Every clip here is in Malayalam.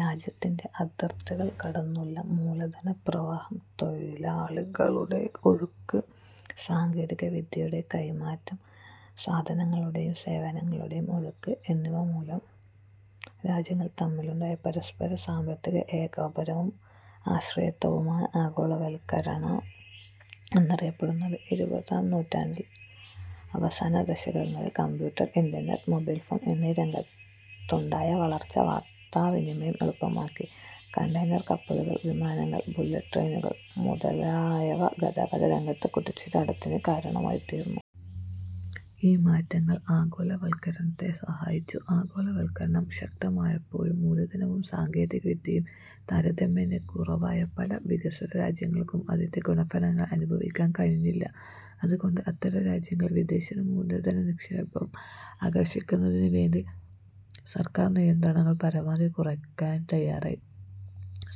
രാജ്യത്തിന്റെ അതിർത്തികൾ കടന്നുള്ള മൂലധനപ്രവാഹം, തൊഴിലാളികളുടെ ഒഴുക്ക്, സാങ്കേതികവിദ്യയുടെ കൈമാറ്റം, സാധനങ്ങളുടെയും സേവനങ്ങളുടെയും ഒഴുക്ക് എന്നിവ മൂലം രാജ്യങ്ങൾ തമ്മിലുണ്ടായ പരസ്പര സാമ്പത്തിക ഏകോപനവും ആശ്രയത്വവുമാണ് ആഗോളവൽക്കരണം എന്നറിയപ്പെടുന്നത്. ഇരുപതാം നൂറ്റാണ്ടിന്റെ അവസാനദശകങ്ങളിൽ കമ്പ്യൂട്ടർ, ഇന്റർനെറ്റ്, മൊബൈൽഫോൺ എന്നീ രംഗങ്ങളിലുണ്ടായ വളർച്ച വാർത്താവിനിമയം എളുപ്പമാക്കി. കണ്ടയനർ കപ്പലുകൾ, വിമാനങ്ങൾ, ബുള്ളറ്റ് ട്രെയിനുകൾ മുതലായവ ഗതാഗത രംഗത്ത് കുതിച്ചുചാട്ടത്തിന് കാരണമായിത്തീർന്നു. ഈ മാറ്റങ്ങൾ ആഗോളവൽക്കരണത്തെ സഹായിച്ചു. ആഗോളവൽക്കരണം ശക്തമായപ്പോഴും മൂലധനവും സാങ്കേതികവിദ്യയും താരതമ്യേന കുറവായ പല വികസ്വരരാജ്യങ്ങൾക്കും അതിന്റെ ഗുണഫലങ്ങൾ അനുഭവിക്കാൻ കഴിഞ്ഞില്ല. അതുകൊണ്ട് അത്തരം രാജ്യങ്ങൾ വിദേശമൂലധനനിക്ഷേപം ആകർഷിക്കുന്നതിനുവേണ്ടി സർക്കാർ നിയന്ത്രണങ്ങൾ പരമാവധി കുറയ്ക്കാൻ തയാറായി.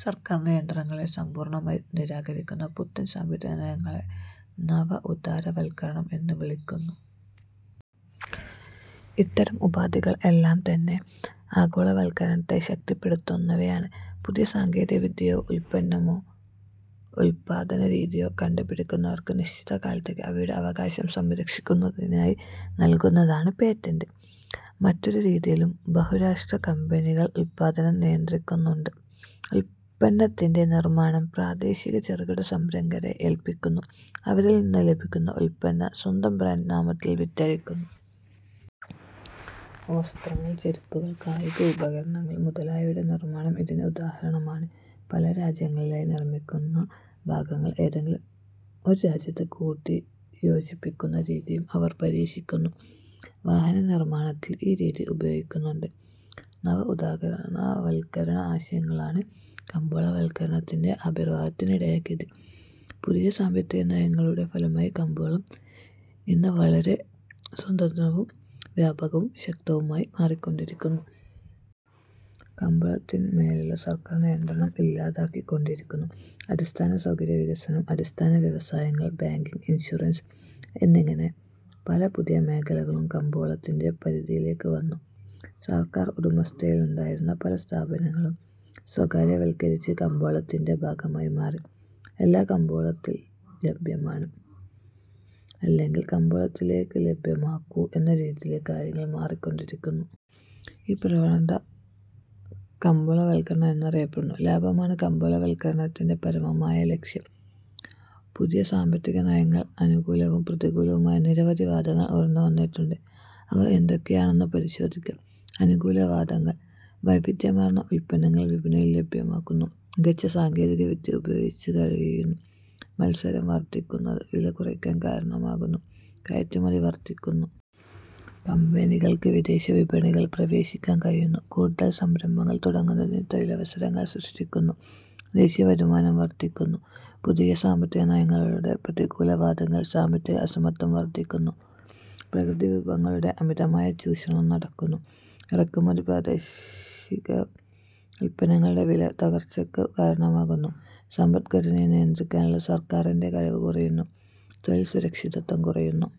സർക്കാർ നിയന്ത്രണങ്ങളെ സമ്പൂർണമായി നിരാകരിക്കുന്ന പുത്തൻ സാമ്പത്തികനയങ്ങളെ നവ ഉദാരവൽക്കരണം എന്നു വിളിക്കുന്നു. ഇത്തരം ഉപാധികൾ എല്ലാം തന്നെ ആഗോളവൽക്കരണത്തേ ശക്തിപ്പെടുത്തുന്നവയാണ്. പുതിയ സാങ്കേതികവിദ്യയോ ഉൽപ്പന്നമോ ഉൽപ്പാദനരീതിയോ കണ്ടുപിടിക്കുന്നവർക്ക് നിശ്ചിതകാലത്തേക്ക് അവയുടെ അവകാശം സംരക്ഷിക്കുന്നതിനായി നൽകുന്നതാണ് പേറ്റന്റ്. മറ്റൊരു രീതിയിലും ബഹുരാഷ്ട്ര കമ്പനികൾ ഉൽപ്പാദനം നിയന്ത്രിക്കുന്നുണ്ട്. ഉൽപ്പന്നത്തിന്റെ നിർമാണം പ്രാദേശിക ചെറുകിട സംരംഭകരെ ഏൽപ്പിക്കുന്നു. അവരിൽനിന്ന് ലഭിക്കുന്ന ഉൽപ്പന്നം സ്വന്തം ബ്രാൻഡ് നാമത്തിൽ വിറ്റഴിക്കുന്നു. വസ്ത്രങ്ങൾ, ചെരുപ്പുകൾ, കായികഉപ കരണങ്ങൾ മുതലായവയുടെ നിർമാണം ഇതിന് ഉദാഹരണമാണ്. പല രാജ്യങ്ങളിലായി നിർമിക്കുന്ന ഭാഗങ്ങൾ ഏതെങ്കിലും ഒരു രാജ്യത്ത് കൂട്ടിയോജിപ്പിക്കുന്ന രീതിയും അവർ പരീക്ഷിക്കുന്നു. വാഹനനിർമാണത്തിൽ ഈ രീതി ഉപയോഗിക്കുന്നുണ്ട്. നവ ഉദാരവൽക്കരണ ആശയങ്ങളാണ് കമ്പോളവൽക്കരണത്തിന്റെ ആവിർഭാവത്തിനിടയാക്കിയത്. പുതിയ സാമ്പത്തികനയങ്ങളുടെ ഫലമായി കമ്പോളം ഇന്ന് വളരെ സ്വതന്ത്രവും വ്യാപകവും ശക്തവുമായി മാറിക്കൊണ്ടിരിക്കുന്നു. കമ്പോളത്തിൻമേലുള്ള സർക്കാർ നിയന്ത്രണം ഇല്ലാതായിക്കൊണ്ടിരിക്കുന്നു. അടിസ്ഥാന സൗകര്യവികസനം, അടിസ്ഥാന വ്യവസായങ്ങൾ, ബാങ്കിങ്, ഇൻഷുറൻസ് എന്നിങ്ങനെ പല പുതിയ മേഖലകളും കമ്പോളത്തിന്റെ പരിധിയിലേക്കു വന്നു. സർക്കാർ ഉടമസ്ഥതയിലുണ്ടായിരുന്ന പല സ്ഥാപനങ്ങളും സ്വകാര്യവൽക്കരിച്ച് കമ്പോളത്തിന്റെ ഭാഗമായി മാറി. എല്ലാം കമ്പോളത്തിൽ ലഭ്യമാണ്, അല്ലെങ്കിൽ കമ്പോളത്തിലേ ലഭ്യമാകൂ എന്ന രീതിയിലേക്ക് കാര്യങ്ങൾ മാറിയിരിക്കുന്നു. ഈ പ്രവണത കമ്പോളവൽക്കരണം എന്നറിയപ്പെടുന്നു. ലാഭമാണ് കമ്പോളവൽക്കരണത്തിന്റെ പരമമായ ലക്ഷ്യം പുതിയ സാമ്പത്തികനയങ്ങൾക്ക് അനുകൂലവും പ്രതികൂലവുമായ നിരവധി വാദങ്ങൾ ഉയർന്നുവന്നിട്ടുണ്ട്. അവ എന്തൊക്കെയാണെന്ന് പരിശോധിക്കാം. അനുകൂലവാദങ്ങൾ: വൈവിധ്യമാർന്ന ഉൽപ്പന്നങ്ങൾ വിപണിയിൽ ലഭ്യമാകുന്നു. മികച്ച സാങ്കേതികവിദ്യ ഉപയോഗിക്കാൻ കഴിയുന്നു. മത്സരം വർധിക്കുന്നത് വില കുറയാൻ കാരണമാകുന്നു. കയറ്റുമതി വർധിക്കുന്നു. കമ്പനികൾക്ക് വിദേശവിപണികളിൽ പ്രവേശിക്കാൻ കഴിയുന്നു. കൂടുതൽ സംരംഭങ്ങൾ തുടങ്ങുന്നത് തൊഴിലവസരങ്ങൾ സൃഷ്ടിക്കുന്നു. ദേശീയവരുമാനം വർധിക്കുന്നു. പുതിയ സാമ്പത്തികനയങ്ങളുടെ പ്രതികൂല വാദങ്ങൾ: സാമ്പത്തിക അസമത്വം വർധിക്കുന്നു. പ്രകൃതിവിഭവങ്ങളുടെ അമിതമായ ചൂഷണം നടക്കുന്നു. ഇറക്കുമതി പ്രാദേശിക ഉൽപ്പന്നങ്ങളുടെ വിലത്തകർച്ചയ്ക്ക് കാരണമാകുന്നു. സമ്പദ്ഘടനയെ നിയന്ത്രിക്കാനുള്ള സർക്കാറിന്റെ കഴിവ് കുറയുന്നു. തൊഴിൽ സുരക്ഷിതത്വം കുറയുന്നു.